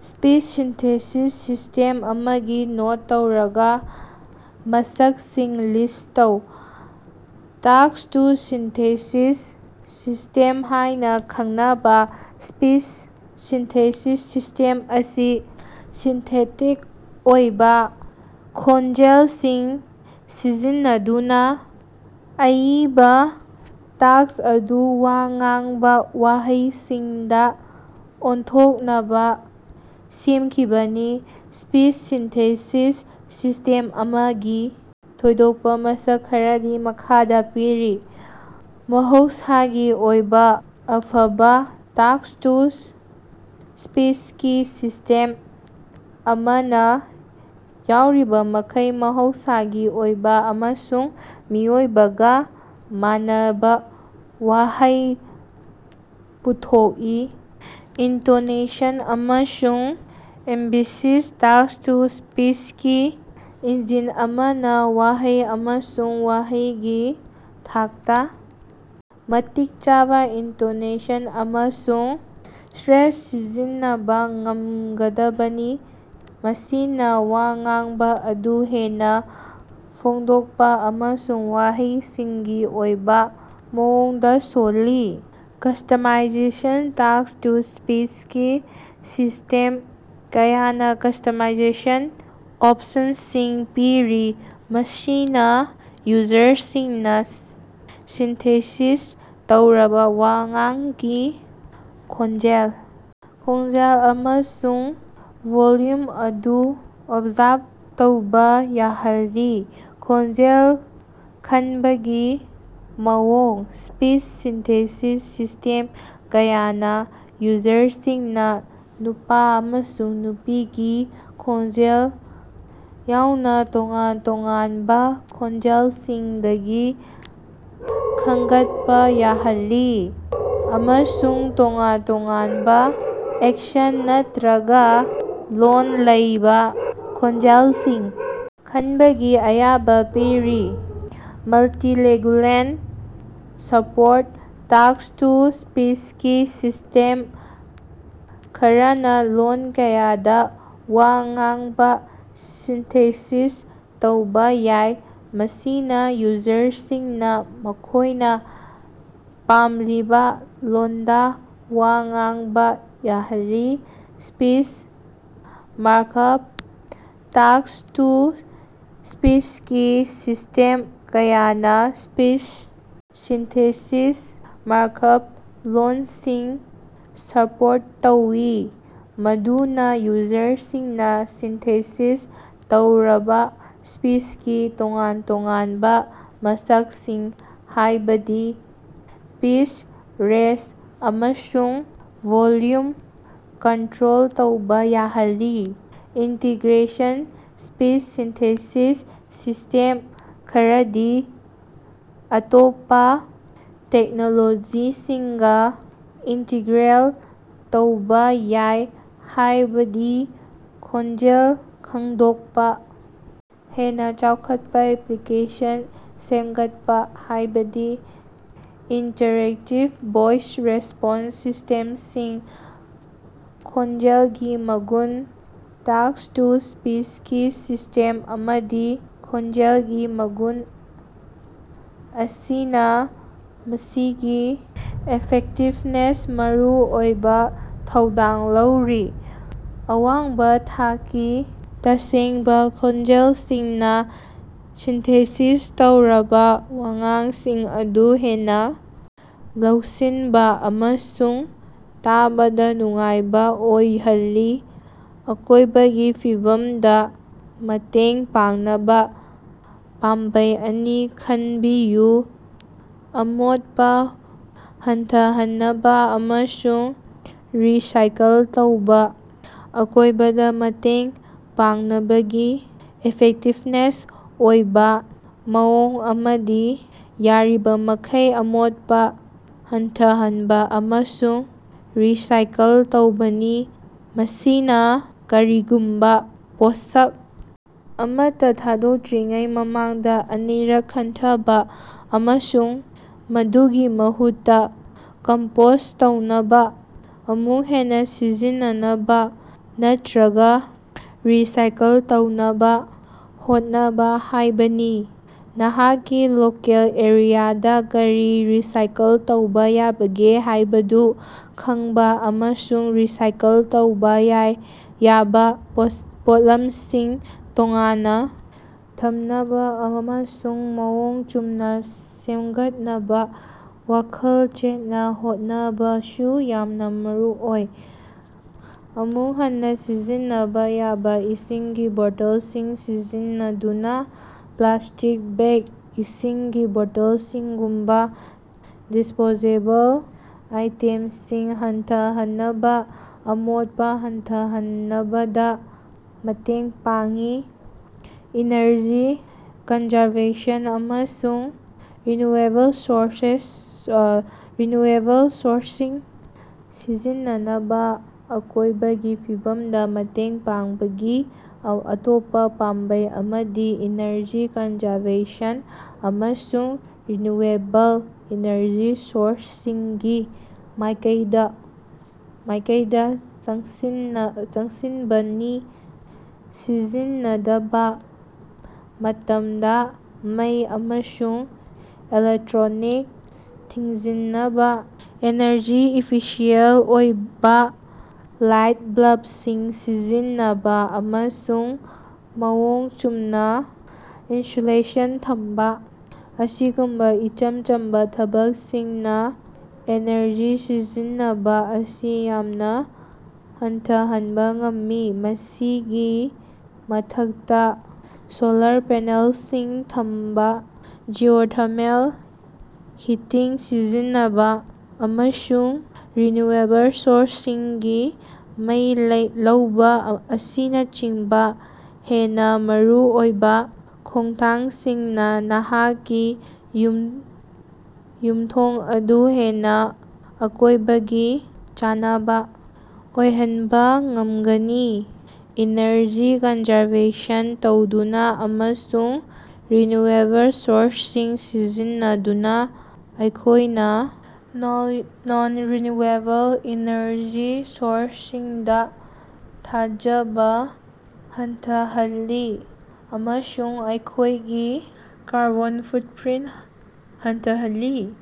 Speech synthesis system ꯑꯃꯒꯤ note ꯇꯧꯔꯕ ꯃꯁꯛꯁꯤꯡ ꯂꯤꯁ ꯇꯧ꯫ ꯇꯦꯛꯁ-ꯇꯨ-ꯁ꯭ꯄꯤꯆ ꯁꯤꯁꯇꯦꯝ ꯍꯥꯏꯅ ꯈꯪꯅꯕꯥ ꯁ꯭ꯄꯤꯆ ꯁꯤꯟꯊꯦꯁꯤꯁ ꯁꯤꯁꯇꯦꯝ ꯑꯁꯤ ꯁꯤꯟꯊꯦꯇꯤꯛ ꯑꯣꯏꯕ ꯈꯣꯟꯖꯦꯜꯁꯤꯡ ꯁꯤꯖꯤꯟꯅꯗꯨꯅ ꯑꯏꯕ ꯇꯦꯛꯁ ꯑꯗꯨ ꯋꯥ ꯉꯥꯡꯕ ꯋꯥꯍꯩꯁꯤꯡꯗ ꯑꯣꯟꯊꯣꯛꯅꯕ ꯁꯦꯝꯈꯤꯕꯅꯤ꯫ ꯁ꯭ꯄꯤꯆ ꯁꯤꯟꯊꯦꯁꯤꯁ ꯁꯤꯁꯇꯦꯝ ꯑꯃꯒꯤ ꯊꯣꯏꯗꯣꯛꯄ ꯃꯁꯛ ꯈꯔꯗꯤ ꯃꯈꯥꯗ ꯄꯤꯔꯤ: ꯃꯍꯧꯁꯥꯒꯤ ꯑꯣꯏꯕ: ꯑꯐꯕ ꯇꯦꯛꯁ ꯇꯨ ꯁ꯭ꯄꯤꯁꯀꯤ ꯁꯤꯁ꯭ꯇꯦꯝ ꯑꯃꯅ ꯌꯥꯔꯤꯕꯃꯈꯩ ꯃꯍꯧꯁꯥꯒꯤ ꯑꯣꯏꯕ ꯑꯃꯁꯨꯡ ꯃꯤꯑꯣꯏꯕꯒꯥ ꯃꯥꯟꯅꯕ ꯋꯥꯍꯩ ꯄꯨꯊꯣꯛꯏ꯫ ꯏꯟꯇꯣꯅꯦꯁꯟ ꯑꯃꯁꯨꯡ ꯑꯦꯝꯕꯦꯁꯤꯁ: ꯇꯦꯛꯁ ꯇꯨ ꯁ꯭ꯄꯤꯆꯀꯤ ꯏꯟꯖꯤꯟ ꯑꯃꯅ ꯋꯥꯍꯩ ꯑꯃꯁꯨꯡ ꯋꯥꯍꯩꯒꯤ ꯊꯥꯛꯇꯥ ꯃꯇꯤꯛ ꯆꯥꯕ ꯏꯟꯇꯣꯅꯦꯁꯟ ꯑꯃꯁꯨꯡ ꯁ꯭ꯠꯔꯦꯁ ꯁꯤꯖꯤꯟꯅꯕ ꯉꯝꯒꯗꯕꯅꯤ, ꯃꯁꯤꯅ ꯋꯥ ꯉꯥꯡꯕ ꯑꯗꯨ ꯍꯦꯟꯅ ꯐꯣꯡꯗꯣꯛꯄ ꯑꯃꯁꯨꯡ ꯃꯍꯧꯁꯥꯒꯤ ꯑꯣꯏꯕ ꯃꯑꯣꯡꯗ ꯁꯣꯜꯂꯤ꯫ ꯀꯁꯇꯃꯔꯥꯏꯖꯦꯁꯟ: ꯇꯦꯛꯁ ꯇꯨ ꯁ꯭ꯄꯤꯆꯀꯤ ꯁꯤꯁꯇꯦꯝ ꯀꯌꯥꯅ ꯀꯁꯇꯃꯔꯥꯏꯖꯦꯁꯟ ꯑꯣꯞꯁꯟꯁꯤꯡ ꯄꯤꯔꯤ, ꯃꯁꯤꯅ ꯌꯨꯖꯔꯁꯤꯡꯅꯥ ꯁꯤꯟꯊꯦꯁꯤꯁ ꯇꯧꯔꯕ ꯋꯥꯉꯥꯡꯒꯤ ꯈꯣꯟꯖꯦꯜ, ꯈꯣꯡꯖꯦꯜ ꯑꯃꯁꯨꯡ ꯚꯣꯜꯌꯨꯝ ꯑꯗꯨ ꯑꯦꯠꯖꯁ ꯇꯧꯕ ꯌꯥꯍꯜꯂꯤ꯫ ꯈꯣꯟꯖꯦꯜ ꯈꯟꯕꯒꯤ ꯃꯑꯣꯡ: ꯁ꯭ꯄꯤꯆ ꯁꯤꯟꯊꯦꯁꯤꯁ ꯁꯤꯁꯇꯦꯝ ꯀꯌꯥꯅ ꯌꯨꯖꯔꯁꯤꯡꯅꯥ ꯅꯨꯄꯥ ꯑꯃꯁꯨꯡ ꯅꯨꯄꯤꯒꯤ ꯈꯣꯟꯖꯦꯜ ꯌꯥꯎꯅ ꯇꯣꯉꯥꯟ ꯇꯣꯉꯥꯟꯕ ꯈꯣꯟꯖꯦꯜꯁꯤꯡꯗꯒꯤ ꯈꯟꯒꯠꯄꯥ ꯌꯥꯍꯜꯂꯤ, ꯑꯃꯁꯨꯡ ꯇꯣꯉꯥꯟ ꯇꯣꯉꯥꯟꯕ ꯑꯦꯛꯁꯦꯟ ꯅꯠꯇ꯭ꯔꯒ ꯂꯣꯜ ꯂꯩꯕ ꯈꯣꯟꯖꯦꯜꯁꯤꯡ ꯈꯟꯕꯒꯤ ꯑꯌꯥꯕ ꯄꯤꯔꯤ꯫ ꯃꯜꯇꯤ-ꯂꯦꯡꯒꯨꯌꯦꯖ ꯁꯄꯣꯔꯠ: ꯇꯦꯛꯁ ꯇꯨ ꯁ꯭ꯄꯤꯆꯀꯤ ꯁꯤꯁꯇꯦꯝ ꯈꯔꯅꯥ ꯂꯣꯜ ꯀꯌꯥꯗ ꯋꯥ ꯉꯥꯡꯕ ꯁꯤꯟꯊꯦꯁꯤꯁ ꯇꯧꯕ ꯌꯥꯏ, ꯃꯁꯤꯅ ꯌꯨꯖꯔꯁꯤꯡꯅꯥ ꯃꯈꯣꯏꯅ ꯄꯥꯝꯂꯤꯕ ꯂꯣꯜꯗꯥ ꯋꯥ ꯉꯥꯡꯕ ꯌꯥꯍꯜꯂꯤ꯫ ꯁ꯭ꯄꯤꯆ ꯃꯥꯔꯛꯑꯞ: ꯇꯦꯛꯁ ꯇꯨ ꯁ꯭ꯄꯤꯆꯀꯤ ꯁꯤꯁꯇꯦꯝ ꯀꯌꯥꯅ ꯁ꯭ꯄꯤꯆ ꯁꯤꯟꯊꯦꯁꯤꯁ ꯃꯥꯔꯛꯑꯞ ꯂꯣꯜꯁꯤꯡ ꯁꯄꯣꯔꯠ ꯇꯧꯏ, ꯃꯗꯨꯅ ꯌꯨꯖꯔꯁꯤꯡꯅꯥ ꯁꯤꯟꯊꯦꯁꯤꯁ ꯇꯧꯔꯕ ꯁ꯭ꯄꯤꯆꯀꯤ ꯇꯣꯉꯥꯟ-ꯇꯣꯉꯥꯟꯕ ꯃꯁꯛꯁꯤꯡ, ꯍꯥꯏꯕꯗꯤ ꯄꯤꯁ, ꯔꯦꯠ, ꯑꯃꯁꯨꯡ ꯚꯣꯜꯌꯨꯝ ꯀꯟꯇ꯭ꯔꯣꯜ ꯇꯧꯕ ꯌꯥꯍꯜꯂꯤ꯫ ꯏꯟꯇꯤꯒ꯭ꯔꯦꯁꯟ: ꯁ꯭ꯄꯤꯆ ꯁꯤꯟꯊꯦꯁꯤꯁ ꯁꯤꯁꯇꯦꯝ ꯈꯔꯗꯤ ꯑꯇꯣꯞꯄ ꯇꯦꯛꯅꯣꯂꯣꯖꯤꯁꯤꯡꯒꯥ ꯏꯟꯇꯤꯒ꯭ꯔꯦꯠ ꯇꯧꯕ ꯌꯥꯏ, ꯍꯥꯏꯕꯗꯤ ꯈꯣꯟꯖꯦꯜ ꯈꯪꯗꯣꯛꯄꯥ, ꯍꯦꯟꯅ ꯆꯥꯎꯈꯠꯄ ꯑꯦꯄ꯭ꯂꯤꯀꯦꯁꯟꯁꯤꯡ ꯁꯦꯝꯒꯠꯄꯥ, ꯍꯥꯏꯕꯗꯤ ꯏꯟꯇꯔꯦꯛꯇꯤꯚ ꯚꯣꯏꯁ ꯔꯦꯁꯄꯣꯟꯁ ꯁꯤꯁꯇꯦꯝꯁꯤꯡ꯫ ꯈꯣꯟꯖꯦꯜꯒꯤ ꯃꯒꯨꯟ: ꯇꯦꯛꯁ ꯇꯨ ꯁ꯭ꯄꯤꯆꯀꯤ ꯁꯤꯁꯇꯦꯝ ꯑꯃꯗ ꯈꯣꯟꯖꯦꯜꯒꯤ ꯃꯒꯨꯟ ꯑꯁꯤꯅ ꯃꯁꯤꯒꯤ ꯏꯐꯦꯛꯇꯤꯚꯅꯦꯁꯇꯥ ꯃꯔꯨꯑꯣꯏꯕ ꯊꯧꯗꯥꯡ ꯂꯧꯔꯤ꯫ ꯑꯋꯥꯡꯕ ꯊꯥꯛꯀꯤ, ꯇꯁꯦꯡꯕꯥ ꯈꯣꯟꯖꯦꯜꯁꯤꯡꯅꯥ ꯁꯤꯟꯊꯦꯁꯤꯁ ꯇꯧꯔꯕ ꯋꯥꯉꯥꯡꯁꯤꯡ ꯑꯗꯨ ꯍꯦꯟꯅ ꯂꯧꯁꯤꯟꯕ ꯑꯃꯁꯨꯡ ꯇꯥꯕꯗ ꯅꯨꯡꯉꯥꯏꯕ ꯑꯣꯏꯍꯜꯂꯤ꯫ ꯑꯀꯣꯏꯕꯒꯤ ꯐꯤꯚꯝꯗꯥ ꯃꯇꯦꯡ ꯄꯥꯡꯅꯕ ꯄꯥꯝꯕꯩ ꯑꯅꯤ ꯈꯟꯅꯕꯤꯌꯨ꯫ ꯑꯃꯣꯠꯄ ꯍꯟꯊꯍꯟꯕꯥ ꯑꯃꯁꯨꯡ ꯔꯤꯁꯥꯏꯀꯜ ꯇꯧꯕꯥ: ꯑꯀꯣꯏꯕꯗ ꯃꯇꯦꯡ ꯄꯥꯡꯅꯕꯒꯤ ꯏꯐꯦꯛꯇꯤꯚ ꯑꯣꯏꯕ ꯃꯑꯣꯡ ꯑꯃꯗꯤ ꯌꯥꯔꯤꯕꯃꯈꯩ ꯑꯃꯣꯠꯄ ꯍꯟꯊꯍꯟꯕ ꯑꯃꯁꯨꯡ ꯔꯤꯁꯥꯏꯀꯜ ꯇꯧꯕꯅꯤ꯫ ꯃꯁꯤꯅ ꯀꯔꯤꯒꯨꯝꯕ ꯄꯣꯠꯁꯛ ꯑꯃꯠꯇ ꯊꯥꯗꯣꯛꯇ꯭ꯔꯤꯉꯩ ꯃꯃꯥꯡꯗ ꯑꯅꯤꯔꯛ ꯈꯟꯊꯕꯥ ꯑꯃꯁꯨꯡ ꯃꯗꯨꯒꯤ ꯃꯍꯨꯠꯇꯥ ꯀꯝꯄꯣꯁ ꯇꯧꯅꯕ, ꯑꯃꯨꯛ ꯍꯟꯅꯥ ꯁꯤꯖꯤꯟꯅꯅꯕ ꯅꯠꯇ꯭ꯔꯒ ꯔꯤꯁꯥꯏꯀꯜ ꯇꯧꯅꯕ ꯍꯣꯠꯅꯕ ꯍꯥꯏꯕꯅꯤ꯫ ꯅꯍꯥꯛꯀꯤ ꯂꯣꯀꯦꯜ ꯑꯦꯔꯤꯌꯥꯗ ꯀꯔꯤ ꯔꯤꯁꯥꯏꯀꯜ ꯇꯧꯕ ꯌꯥꯕꯒꯦ ꯍꯥꯏꯕꯗꯨ ꯈꯪꯕ ꯑꯃꯁꯨꯡ ꯔꯤꯁꯥꯏꯀꯜ ꯇꯧꯕ ꯌꯥꯕ ꯄꯣꯠꯂꯝꯁꯤꯡ ꯇꯣꯉꯥꯟꯅ ꯊꯝꯅꯕ ꯑꯃꯁꯨꯡ ꯃꯑꯣꯡ ꯆꯨꯝꯅꯥ ꯁꯦꯝꯒꯠꯅꯕ ꯋꯥꯈꯜ ꯆꯦꯠꯅ ꯍꯣꯠꯅꯕꯁꯨ ꯌꯥꯝꯅ ꯃꯔꯨꯑꯣꯏ꯫ ꯑꯃꯨꯛ ꯍꯟꯅꯥ ꯁꯤꯖꯤꯟꯅꯕ ꯌꯥꯕ ꯏꯁꯤꯡꯒꯤ ꯕꯣꯇꯜꯁꯤꯡ ꯁꯤꯖꯤꯟꯅꯗꯨꯅ ꯄ꯭ꯂꯥꯁꯇꯤꯛ ꯕꯦꯛ, ꯏꯁꯤꯡꯒꯤ ꯕꯣꯇꯜꯁꯤꯡꯒꯨꯝꯕ ꯗꯤꯁꯄꯣꯖꯦꯕꯜ ꯑꯥꯏꯇꯦꯝꯁꯤꯡ ꯍꯟꯊꯍꯟꯕꯅꯥ ꯑꯃꯣꯠꯄ ꯍꯟꯊꯍꯟꯕꯗꯥ ꯃꯇꯦꯡ ꯄꯥꯡꯏ꯫ ꯏꯅꯔꯖꯤ ꯀꯟꯖꯔꯕꯦꯁꯟ ꯑꯃꯁꯨꯡ ꯔꯤꯅ꯭ꯌꯨꯑꯦꯕꯜ ꯁꯣꯔꯁꯁꯤꯡ ꯁꯤꯖꯤꯟꯅꯕ: ꯑꯀꯣꯏꯕꯒꯤ ꯐꯤꯚꯝꯗ ꯃꯇꯦꯡ ꯄꯥꯡꯅꯕꯒꯤ ꯑꯇꯣꯞꯄ ꯄꯥꯝꯕꯩ ꯑꯃꯗꯤ ꯏꯅꯔꯖꯤ ꯀꯟꯖꯔꯕꯦꯁꯟ ꯑꯃꯁꯨꯡ ꯔꯤꯅ꯭ꯌꯨꯑꯦꯕꯜ ꯏꯅꯔꯖꯤ ꯁꯣꯔꯁꯁꯤꯡꯒꯤ ꯃꯥꯏꯀꯩꯗ ꯆꯪꯁꯤꯟꯕꯅꯤ꯫ ꯁꯤꯖꯤꯟꯅꯗꯕ ꯃꯇꯝꯗ ꯃꯩ ꯑꯃꯁꯨꯡ ꯏꯂꯦꯛꯇ꯭ꯔꯣꯅꯤꯛꯁ ꯊꯤꯡꯖꯤꯟꯕ, ꯑꯦꯅꯔꯖꯤ ꯏꯐꯤꯁꯤꯑꯦꯟ ꯑꯣꯏꯕ ꯂꯥꯏꯠ ꯕꯜꯕꯁꯤꯡ ꯁꯤꯖꯤꯟꯅꯕ, ꯑꯃꯁꯨꯡ ꯃꯑꯣꯡ ꯆꯨꯝꯅ ꯏꯟꯁꯨꯂꯦꯁꯟ ꯊꯝꯕ ꯑꯁꯤꯒꯨꯝꯕ ꯏꯆꯝ ꯆꯝꯕ ꯊꯕꯛꯁꯤꯡꯅꯥ ꯑꯦꯅꯔꯖꯤ ꯁꯤꯖꯤꯟꯅꯕ ꯑꯁꯤ ꯌꯥꯝꯅ ꯍꯟꯊꯍꯟꯕ ꯉꯝꯃꯤ꯫ ꯃꯁꯤꯒꯤ ꯃꯊꯛꯇꯥ, ꯁꯣꯂꯥꯔ ꯄꯦꯅꯦꯜꯁꯤꯡ ꯊꯝꯕ, ꯖꯤꯑꯣꯊꯔꯃꯦꯜ ꯍꯤꯇꯤꯡ ꯁꯤꯖꯤꯟꯅꯕ, ꯑꯃꯁꯨꯡ ꯔꯤꯅ꯭ꯌꯨꯑꯦꯕꯜ ꯁꯣꯔꯁꯁꯤꯡꯗꯒꯤ ꯃꯩ ꯂꯧꯕ ꯑꯁꯤꯅꯆꯤꯡꯕ ꯍꯦꯟꯅ ꯃꯔꯨꯑꯣꯏꯕ ꯈꯣꯡꯊꯥꯡꯁꯤꯡꯅ ꯅꯍꯥꯛꯀꯤ ꯌꯨꯝꯊꯣꯡ ꯑꯗꯨ ꯍꯦꯟꯅꯥ ꯑꯀꯣꯏꯕꯒꯥ ꯆꯥꯟꯅꯕ ꯑꯣꯏꯍꯟꯕ ꯉꯝꯒꯅꯤ꯫ ꯏꯅꯔꯖꯤ ꯀꯟꯖꯔꯕꯦꯁꯟ ꯇꯧꯗꯨꯅ ꯑꯃꯁꯨꯡ ꯔꯤꯅ꯭ꯌꯨꯑꯦꯕꯜ ꯁꯣꯔꯁꯁꯤꯡ ꯁꯤꯖꯤꯟꯅꯗꯨꯅ ꯑꯩꯈꯣꯏꯅ ꯅꯟ-ꯔꯤꯅ꯭ꯌꯨꯑꯦꯕꯜ ꯏꯅꯔꯖꯤ ꯁꯣꯔꯁꯁꯤꯡꯗꯥ ꯊꯥꯖꯕ ꯍꯟꯊꯍꯜꯂꯤ ꯑꯃꯁꯨꯡ ꯑꯩꯈꯣꯏꯒꯤ ꯀꯥꯔꯕꯣꯟ ꯐꯨꯠꯄ꯭ꯔꯤꯟ ꯍꯟꯊꯍꯜꯂꯤ꯫